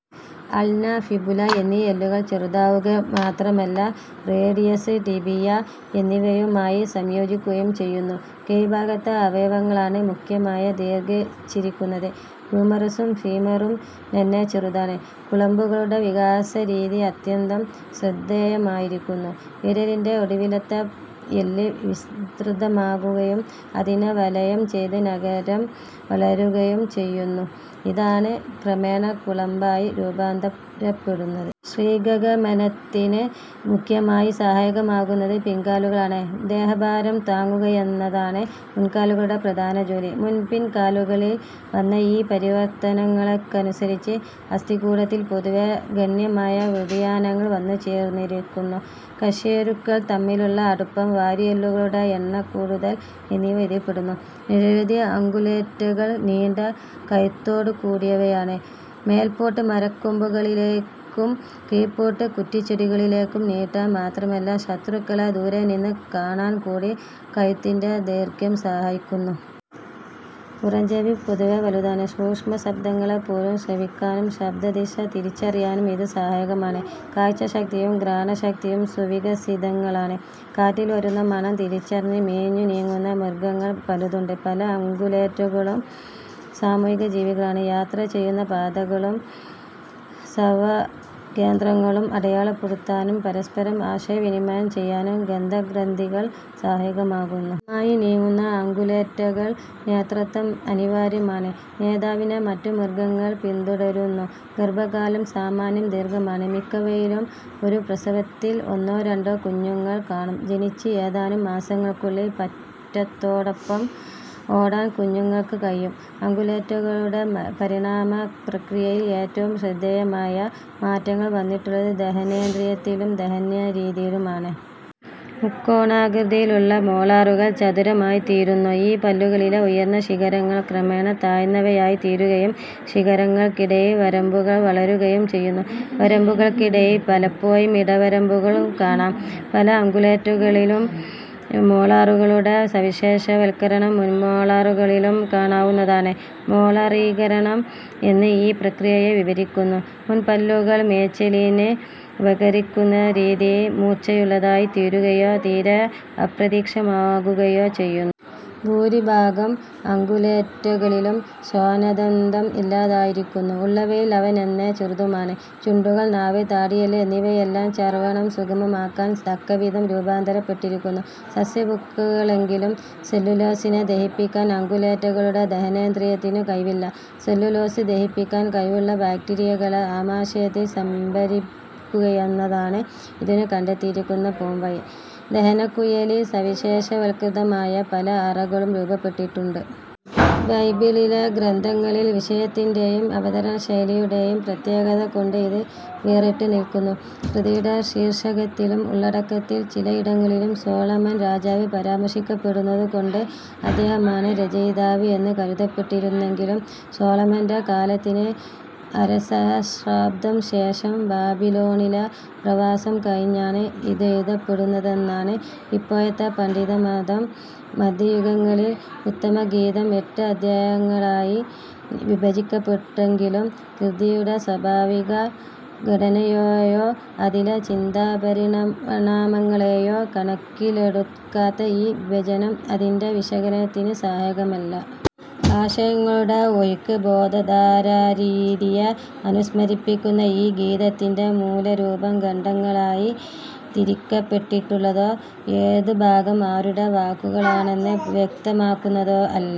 Ulna, fibula എന്നീ എല്ലുകൾ ചെറുതാവുകമാത്രമല്ല, റേഡിയസ്, ടിബിയ എന്നിവയുമായി സംയോജിക്കുകയും ചെയ്യുന്നു. കീഴ്ഭാഗത്തെ അവയവങ്ങളാണ് മുഖ്യമായി ദീർഘിച്ചിരിക്കുന്നത്. ഹ്യൂമറസും ഫീമറും നന്നേ ചെറുതാണ്. കുളമ്പുകളുടെ വികാസരീതി അത്യന്തം ശ്രദ്ധേയമായിരിക്കുന്നു. വിരലിന്റെ ഒടുവിലത്തെ എല്ല് വിസ്തൃതമാകുകയും അതിനെ വലയംചെയ്ത് നഖരം വളരുകയും ചെയ്യുന്നു. ഇതാണ് ക്രമേണ കുളമ്പായി രൂപാന്തരപ്പെടുന്നത്. ശീഘ്രഗമനത്തിന് മുഖ്യമായി സഹായകമാകുന്നത് പിൻകാലുകളാണ്. ദേഹഭാരം താങ്ങുകയെന്നതാണ് മുൻകാലുകളുടെ പ്രധാനജോലി. മുൻ-പിൻ കാലുകളിൽ വന്ന ഈ പരിവർത്തനങ്ങൾക്കനുസരിച്ച് അസ്ഥികൂടത്തിൽ പൊതുവേ ഗണ്യമായ വ്യതിയാനങ്ങൾ വന്നുചേർന്നിരിക്കുന്നു. കശേരുക്കൾ തമ്മിലുള്ള അടുപ്പം, വാരിയെല്ലുകളുടെ എണ്ണക്കൂടുതൽ എന്നിവ ഇതിൽപ്പെടുന്നു. നിരവധി അംഗുലേറ്റകൾ നീണ്ട കഴുത്തോടുകൂടിയവയാണ്. മേല്പോട്ട് മരക്കൊമ്പുകളിലേക്കും കീഴ്പോട്ട് കുറ്റിച്ചെടികളിലേക്കും നീട്ടാൻ മാത്രമല്ല, ശത്രുക്കളെ ദൂരെനിന്ന് കാണാൻകൂടി കഴുത്തിന്റെ ദൈർഘ്യം സഹായിക്കുന്നു. പുറംചെവി പൊതുവേ വലുതാണ്. സൂക്ഷ്മശബ്ദങ്ങളെപ്പോലും ശ്രവിക്കാനും ശബ്ദദിശ തിരിച്ചറിയാനും ഇതു സഹായകമാണ്. കാഴ്ചശക്തിയും ഘ്രാണശക്തിയും സുവികസിതങ്ങളാണ്. കാറ്റിൽ വരുന്ന മണം തിരിച്ചറിഞ്ഞ് മേഞ്ഞുനീങ്ങുന്ന മൃഗങ്ങൾ പലതുണ്ട്. പല അംഗുലേറ്റകളും സാമൂഹികജീവികളാണ്. യാത്ര ചെയ്യുന്ന പാതകളും സ്വവാസകേന്ദ്രങ്ങളും അടയാളപ്പെടുത്താനും പരസ്പരം ആശയവിനിമയം ചെയ്യാനും ഗന്ധ ഗ്രന്ഥികൾ സഹായകമാകുന്നു. കൂട്ടമായി നീങ്ങുന്ന അംഗുലേറ്റകൾക്ക് നേതൃത്വം അനിവാര്യമാണ്. നേതാവിനെ മറ്റു മൃഗങ്ങൾ പിന്തുടരുന്നു. ഗർഭകാലം സാമാന്യം ദീർഘമാണ്. മിക്കവയിലും ഒരു പ്രസവത്തിൽ ഒന്നോ രണ്ടോ കുഞ്ഞുങ്ങൾ കാണും. ജനിച്ച് ഏതാനും മാസങ്ങൾക്കുള്ളിൽ പറ്റത്തോടൊപ്പം ഓടാൻ കുഞ്ഞുങ്ങൾക്കു കഴിയും. അംഗുലേറ്റകളുടെ പരിണാമ പ്രക്രിയയിൽ ഏറ്റവും ശ്രദ്ധേയമായ മാറ്റങ്ങൾ വന്നിട്ടുള്ളത് ദഹനേന്ദ്രിയത്തിലും ദഹനരീതിയിലുമാണ്. മുക്കോണാകൃതിയിലുള്ള മോളാറുകൾ ചതുരമായിത്തീരുന്നു. ഈ പല്ലുകളിലെ ഉയർന്ന ശിഖരങ്ങൾ ക്രമേണ താഴ്ന്നവയായിത്തീരുകയും ശിഖരങ്ങൾക്കിടയിൽ വരമ്പുകൾ വളരുകയും ചെയ്യുന്നു. വരമ്പുകൾക്കിടയിൽ പലപ്പോഴും ഇടവരമ്പുകളും കാണാം. പല അംഗുലേറ്റകളിലും മോളാറുകളുടെ സവിശേഷവത്കരണം മുൻമോളാറുകളിലും കാണാവുന്നതാണ്. മോളറീകരണം എന്ന് ഈ പ്രക്രിയയെ വിവരിക്കുന്നു. മുൻപല്ലുകൾ മേച്ചിലിന് ഉപകരിക്കുന്നരീതിയിൽ മൂർച്ചയുള്ളതായിത്തീരുകയോ തീരെ അപ്രത്യക്ഷമാകുകയോ ചെയ്യുന്നു. ഭൂരിഭാഗം അംഗുലേറ്റകളിലും ശ്വാനദന്തം ഇല്ലാതായിരിക്കുന്നു; ഉള്ളവയിൽ അവ നന്നേ ചെറുതുമാണ്. ചുണ്ടുകൾ, നാവ്, താടിയെല്ല് എന്നിവയെല്ലാം ചർവണം സുഗമമാക്കാൻ തക്കവിധം രൂപാന്തരപ്പെട്ടിരിക്കുന്നു. സസ്യഭുക്കുകളെങ്കിലും സെല്ലുലോസിനെ ദഹിപ്പിക്കാൻ അംഗുലേറ്റകളുടെ ദഹനേന്ദ്രിയത്തിനു കഴിവില്ല. സെല്ലുലോസ് ദഹിപ്പിക്കാൻ കഴിവുള്ള ബാക്റ്റീരിയകളെ ആമാശയത്തിൽ സംഭരിക്കുകയെന്നതാണ് ഇതിനു കണ്ടെത്തിയിരിക്കുന്ന പോംവഴി. ദഹനക്കുഴലിൽ സവിശേഷവത്കൃതമായ പല അറകളും രൂപപ്പെട്ടിട്ടുണ്ട്. ബൈബിളിലെ ഗ്രന്ഥങ്ങളിൽ വിഷയത്തിന്റേയും അവതരണശൈലിയുടേയും പ്രത്യേകത കൊണ്ട് ഇത് വേറിട്ട് നിൽക്കുന്നു. കൃതിയുടെ ശീർഷകത്തിലും ഉള്ളടക്കത്തിൽ ചിലയിടങ്ങളിലും സോളമൻ രാജാവ് പരാമർശിക്കപ്പെടുന്നതുകൊണ്ട്, അദ്ദേഹമാണ് രചയിതാവ് എന്ന് കരുതപ്പെട്ടിരുന്നെങ്കിലും, സോളമന്റെ കാലത്തിന് അരസഹസ്രാബ്ദം ശേഷം ബാബിലോണിലെ പ്രവാസം കഴിഞ്ഞാണ് ഇതെഴുതപ്പെട്ടതെന്നാണ് ഇപ്പോഴത്തെ പണ്ഡിതമതം. മദ്ധ്യയുഗങ്ങളിൽ, ഉത്തമഗീതം എട്ട് അദ്ധ്യായങ്ങളായി വിഭജിക്കപ്പെട്ടെങ്കിലും കൃതിയുടെ സ്വാഭാവിക ഘടനയേയോ അതിലെ ചിന്താപരിണാമങ്ങളേയോ കണക്കിലെടുക്കാത്ത ഈ വിഭജനം അതിന്റെ വിശകലനത്തിന് സഹായകമല്ല. ആശയങ്ങളുടെ ഒഴുക്ക് ബോധധാരാരീതിയെ അനുസ്മരിപ്പിക്കുന്ന ഈ ഗീതത്തിന്റെ മൂലരൂപം ഖണ്ഡങ്ങളായി തിരിക്കപ്പെട്ടിട്ടുള്ളതോ, ഏതുഭാഗം ആരുടെ വാക്കുകളാണെന്ന് വ്യക്തമാക്കുന്നതോ അല്ല.